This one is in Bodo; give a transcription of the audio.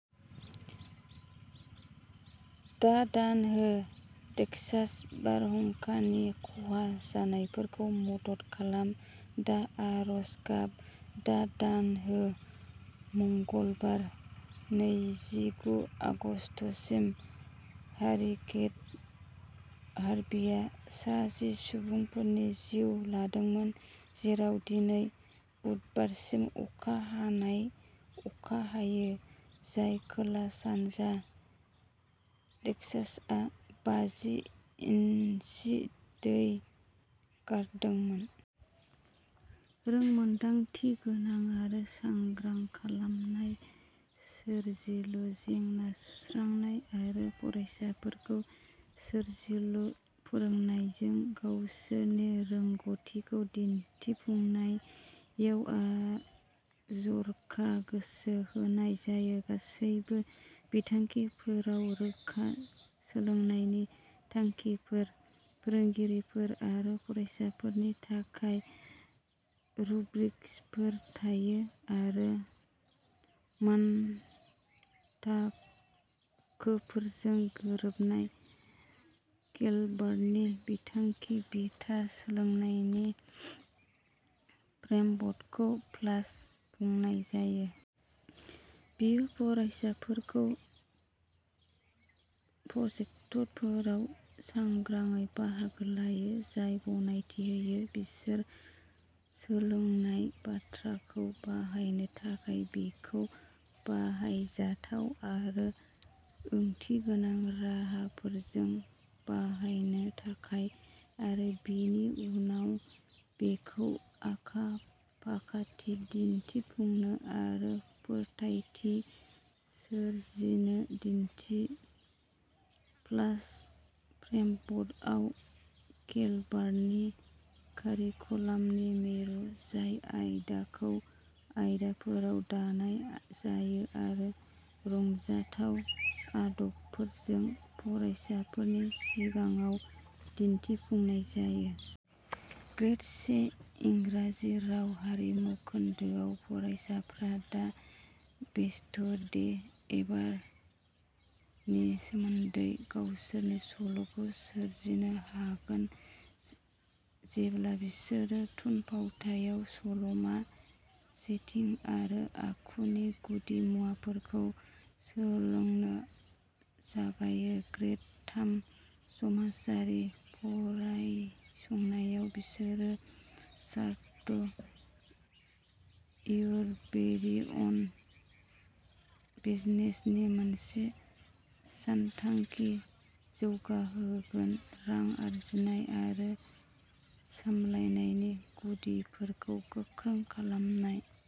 दा दान हो, टेक्सास बारहुंखानि खहा जानायफोरखौ मदद खालाम दा आरज गाब, दा दान हो मंगलबार, नैजिगु आगस्तसिम, हारिकेन हार्विआ सा जि सुबुंफोरनि जिउ लादोंमोन, जेराव दिनै बुधबारसिम अखा हानाय अखा हायो, जाय खोला-सानजा टेक्सासआव बाजि इन्सि दै गारदोंमोन। रोंमोनदांथिगोनां आरो सांग्रां खालामनाय, सोरजिलु जेंना सुस्रांनाय आरो फरायसाफोरखौ सोरजिलु फोरमायनायजों गावसोरनि रोंग'थिखौ दिन्थिफुंनायाव जर'खा गोसो होनाय जायो। गासैबो बिथांखिफोराव रोखा सोलोंनायनि थांखिफोर, फोरोंगिरिफोर आरो फरायसाफोरनि थाखाय रुब्रिक्सफोर थायो आरो मानथाखोफोरजों गोरोबनाय। केलभार्टनि बिथांखि बिथा सोलोंनायनि फ्रेमवर्कखौ प्लास बुंनाय जायो। बेयो फरायसाफोरखौ प्रजेक्टफोराव सांग्राङै बाहागो लायो जाय गनायथि होयो। बिसोर सोलोंनाय बाथ्राखौ बाहायनो थाखाय बेखौ बाहायजाथाव आरो ओंथिगोनां राहाफोरजों बाहायनो थाखाय आरो बेनि उनाव बेखौ आखा-फाखाथि दिनथिफुंनो आरो फोथायथि सोरजिनो दिन्थि। प्लास फ्रेमवर्कआ केलभार्टनि कारिकुलामनि मिरु, जाय आयदाफोरखौ आयदाफोराव दानाय जायो आरो रंजाथाव आदबफोरजों फरायसाफोरनि सिगाङाव दिन्थिफुंनाय जायो। ग्रेड से इंराजि राव आरिमु खोन्दोआव, फरायसाफ्रा दा बेस्ट डे एभार नि सोमोन्दै गावसोरनि सल'खौ सोरजिनो हागोन जेब्ला बिसोरो थुनफावथाइयाव सल'मा, सेटिं आरो आखुनि गुदिमुवाफोरखौ सोलोंनो जागायो। ग्रेड थाम समाजारि फरायसंनायाव, बिसोरो स्टार्ट योर वेरी अन बिजनेसनि मोनसे सानथांखि जौगाहोगोन रां आर्जिनाय आरो सामलायनायनि गुदिफोरखौ गोख्रों खालामनाय।